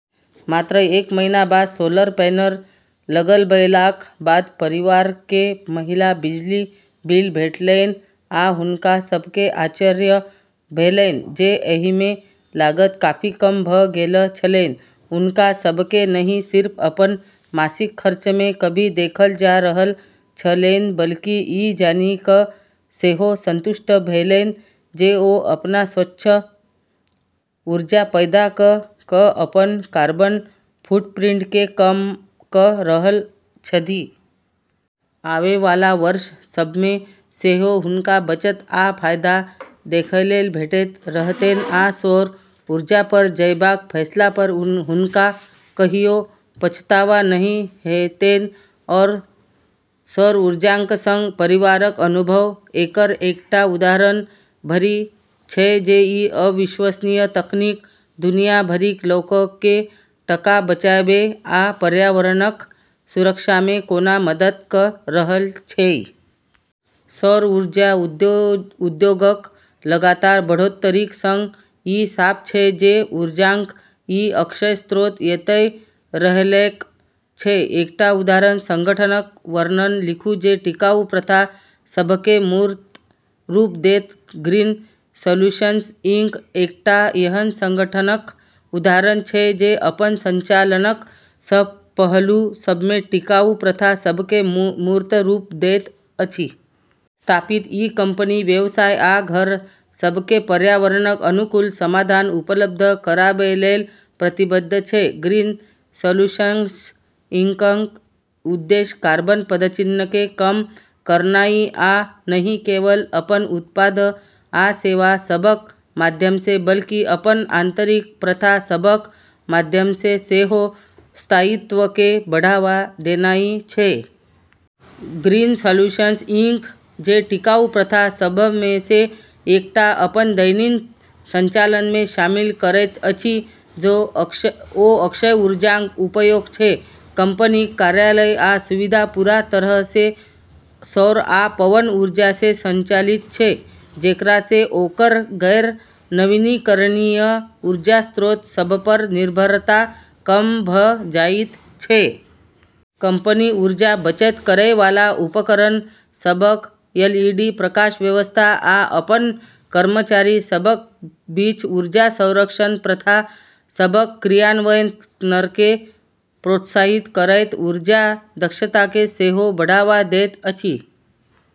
मात्र एक महीना बाद सोलर पैनल लगबैलाक बाद परिवारकेँ पहिल बिजली बिल भेटलैन, आ हुनका सभकेँ आश्चर्य भेलैन जे एहिमे लागत काफी कम भऽ गेल छलैन। हुनका सभकेँ नहि सिर्फ अपन मासिक खर्चमे कमी देखल जा रहल छलैन, बल्कि ई जानि कऽ सेहो संतुष्टि भेलैन जे ओ अपन स्वच्छ ऊर्जा पैदा कऽ कऽ अपन कार्बन फुटप्रिंटकेँ कम कऽ रहल छथि। आवै वाला वर्ष सभमे सेहो हुनका बचत आ फायदा देखैलेल भेटैत रहतैन, आ सौर ऊर्जापर जयबाक फैसलापर हुनका कहियो पछतावा नहि हेतैन। सौर ऊर्जाक संग परिवारक अनुभव एकर एकटा उदाहरण भरि छै जे ई अविश्वसनीय तकनीक दुनिया भरिक लोककेँ टका बचाबै आ पर्यावरणक सुरक्षामे कोना मदद कऽ रहल छै। सौर ऊर्जा उद्योगक लगातार बढ़ोत्तरीक संग ई साफ छै जे ऊर्जाक ई अक्षय स्रोत एतय रहैलेल छै। एकटा उदाहरण संगठनक वर्णन लिखू जे टिकाऊ प्रथा सभकेँ मूर्त रूप देत। ग्रीन सॉल्यूशंस इंक एकटा एहन संगठनक उदाहरण छै जे अपन संचालनक सब पहलू सभमे टिकाऊ प्रथा सभकेँ मूर्त रूप दैत अछि। स्थापित ई कंपनी व्यवसाय आ घर सभकेँ पर्यावरणक अनुकूल समाधान उपलब्ध कराबैलेल प्रतिबद्ध छै। ग्रीन सॉल्यूशंस इंकक उद्देश्य कार्बन पदचिह्नकेँ कम करनाइ आ नहि केवल अपन उत्पाद आ सेवा सभक माध्यमसँ बल्कि अपन आंतरिक प्रथा सभक माध्यमसँ सेहो स्थायित्वकेँ बढ़ावा देनाइ छै। ग्रीन सॉल्यूशंस इंक जे टिकाऊ प्रथा सभमेसँ एकटा अपन दैनिक संचालनमे शामिल करैत अछि, ओ अक्षय ऊर्जाक उपयोग छै। कंपनीक कार्यालय आ सुविधा पूरा तरहसँ सौर आ पवन ऊर्जासँ संचालित छै, जेकरासँ ओकर गैर-नवीनीकरणीय ऊर्जा स्रोत सभपर निर्भरता कम भऽ जाइत छै। कंपनी ऊर्जा बचत करै वाला उपकरण सभक, एलईडी प्रकाश व्यवस्था, आ अपन कर्मचारी सभक बीच ऊर्जा संरक्षण प्रथा सभक क्रियान्वयनकेँ प्रोत्साहित करैत ऊर्जा दक्षताकेँ सेहो बढ़ावा दैत अछि।